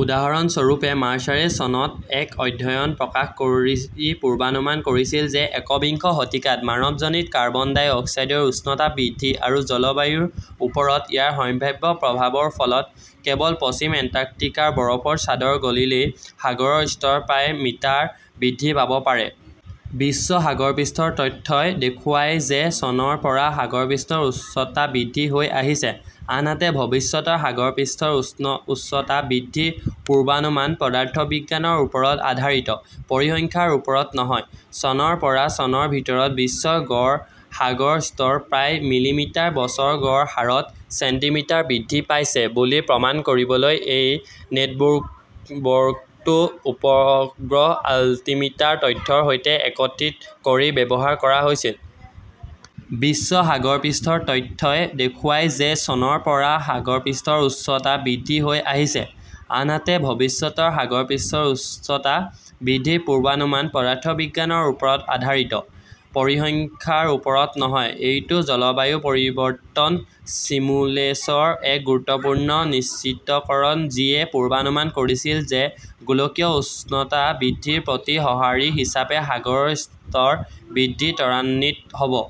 উদাহৰণস্বৰূপে, মাৰ্চাৰে চনত এক অধ্যয়ন প্ৰকাশ কৰি পূৰ্বানুমান কৰিছিল যে একবিংশ শতিকাত মানৱজনিত কাৰ্বন ডাই অক্সাইডৰ উষ্ণতা বৃদ্ধি আৰু জলবায়ুৰ ওপৰত ইয়াৰ সম্ভাৱ্য প্ৰভাৱৰ ফলত কেৱল পশ্চিম এণ্টাৰ্কটিকাৰ বৰফৰ চাদৰ গলিলে সাগৰৰ স্তৰ প্ৰায় মিটাৰ বৃদ্ধি পাব পাৰে। বিশ্ব সাগৰপৃষ্ঠৰ তথ্যই দেখুৱায় যে চনৰ পৰা সাগৰপৃষ্ঠৰ উচ্চতা বৃদ্ধি হৈ আহিছে আনহাতে ভৱিষ্যতৰ সাগৰপৃষ্ঠৰ উচ্চতা বৃদ্ধিৰ পূৰ্বানুমান পদাৰ্থবিজ্ঞানৰ ওপৰত আধাৰিত, পৰিসংখ্যাৰ ওপৰত নহয়। চনৰ পৰা চনৰ ভিতৰত বিশ্বৰ গড় সাগৰৰ স্তৰ প্ৰায় মিলিমিটাৰ/বছৰ গড় হাৰত ছেণ্টিমিটাৰ বৃদ্ধি পাইছে বুলি প্ৰমাণ কৰিবলৈ এই নেটৱৰ্কটো উপগ্ৰহৰ আল্টিমিটাৰ তথ্যৰ সৈতে একত্ৰিত কৰি ব্যৱহাৰ কৰা হৈছিল। বিশ্ব সাগৰপৃষ্ঠৰ তথ্যই দেখুৱায় যে চনৰ পৰা সাগৰপৃষ্ঠৰ উচ্চতা বৃদ্ধি হৈ আহিছে আনহাতে ভৱিষ্যতৰ সাগৰপৃষ্ঠৰ উচ্চতা বৃদ্ধিৰ পূৰ্বানুমান পদাৰ্থবিজ্ঞানৰ ওপৰত আধাৰিত, পৰিসংখ্যাৰ ওপৰত নহয়। এইটো জলবায়ু পৰিৱৰ্তন চিমুলেশনৰ এক গুৰুত্বপূৰ্ণ নিশ্চিতকৰণ যিয়ে পূৰ্বানুমান কৰিছিল যে গোলকীয় উষ্ণতা বৃদ্ধিৰ প্ৰতি সঁহাৰি হিচাপে সাগৰৰ স্তৰ বৃদ্ধি ত্বৰান্বিত হ 'ব।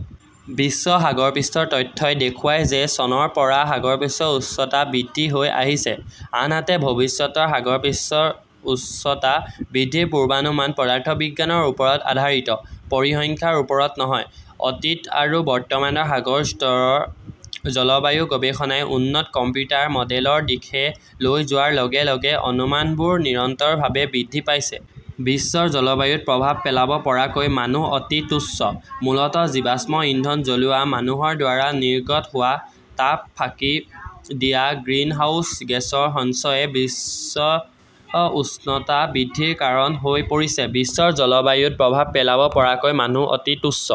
বিশ্ব সাগৰপৃষ্ঠৰ তথ্যই দেখুৱায় যে চনৰ পৰা সাগৰপৃষ্ঠৰ উচ্চতা বৃদ্ধি হৈ আহিছে আনহাতে ভৱিষ্যতৰ সাগৰপৃষ্ঠৰ উচ্চতা বৃদ্ধিৰ পূৰ্বানুমান পদাৰ্থবিজ্ঞানৰ ওপৰত আধাৰিত, পৰিসংখ্যাৰ ওপৰত নহয়। অতীত আৰু বৰ্তমানৰ সাগৰৰ স্তৰৰ জলবায়ু গৱেষণাই উন্নত কম্পিউটাৰ মডেলৰ দিশে লৈ যোৱাৰ লগে লগে অনুমানবোৰ নিৰন্তৰভাৱে বৃদ্ধি পাইছে। বিশ্বৰ জলবায়ুত প্ৰভাৱ পেলাব পৰাকৈ মানুহ অতি তুচ্ছ। মূলতঃ জীৱাশ্ম ইন্ধন জ্বলোৱা মানুহৰ দ্বাৰা নিৰ্গত হোৱা তাপ-ফাঁকি দিয়া গ্ৰীণহাউচ গেছৰ সঞ্চয়ে বিশ্ব উষ্ণতা বৃদ্ধিৰ কাৰণ হৈ পৰিছে। বিশ্বৰ জলবায়ুত প্ৰভাৱ পেলাব পৰাকৈ মানুহ অতি তুচ্ছ।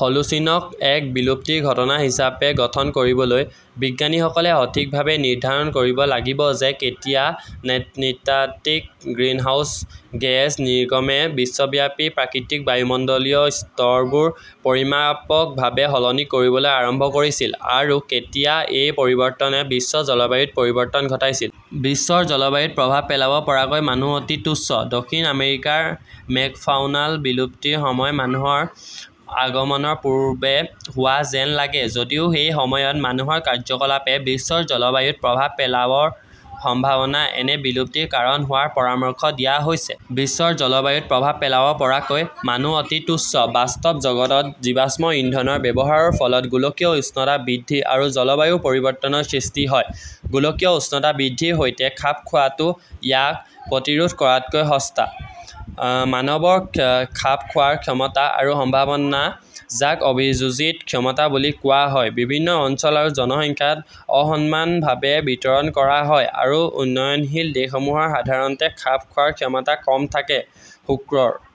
হ 'লোচিনক এক বিলুপ্তিৰ ঘটনা হিচাপে গঠন কৰিবলৈ, বিজ্ঞানীসকলে সঠিকভাৱে নিৰ্ধাৰণ কৰিব লাগিব যে কেতিয়া নৃতাত্ত্বিক গ্ৰীণহাউছ গেছ নিৰ্গমে বিশ্বব্যাপী প্ৰাকৃতিক বায়ুমণ্ডলীয় স্তৰবোৰ পৰিমাপকভাৱে সলনি কৰিবলৈ আৰম্ভ কৰিছিল, আৰু কেতিয়া এই পৰিৱৰ্তনে বিশ্ব জলবায়ুত পৰিৱৰ্তন ঘটাইছিল। বিশ্বৰ জলবায়ুত প্ৰভাৱ পেলাব পৰাকৈ মানুহ অতি তুচ্ছ। দক্ষিণ আমেৰিকাৰ মেগাফাউনাল বিলুপ্তিৰ সময় মানুহৰ আগমনৰ পূৰ্বে হোৱা যেন লাগে, যদিও সেই সময়ত মানুহৰ কাৰ্যকলাপে বিশ্বৰ জলবায়ুত প্ৰভাৱ পেলোৱাৰ সম্ভাৱনা এনে বিলুপ্তিৰ কাৰণ হোৱাৰ পৰামৰ্শ দিয়া হৈছে। বিশ্বৰ জলবায়ুত প্ৰভাৱ পেলাব পৰাকৈ মানুহ অতি তুচ্ছ। বাস্তৱ জগতত জীৱাশ্ম ইন্ধনৰ ব্যৱহাৰৰ ফলত গোলকীয় উষ্ণতা বৃদ্ধি আৰু জলবায়ু পৰিৱৰ্তনৰ সৃষ্টি হয়। গোলকীয় উষ্ণতা বৃদ্ধিৰ সৈতে খাপ খোৱাটো ইয়াক প্ৰতিৰোধ কৰাতকৈ সস্তা। মানৱৰ খাপ খোৱাৰ ক্ষমতা আৰু সম্ভাৱনা, যাক অভিযোজিত ক্ষমতা বুলি কোৱা হয়, বিভিন্ন অঞ্চল আৰু জনসংখ্যাত অসমানভাৱে বিতৰণ কৰা হয়, আৰু উন্নয়নশীল দেশসমূহৰ সাধাৰণতে খাপ খোৱাৰ ক্ষমতা কম থাকে। শুক্ৰৰ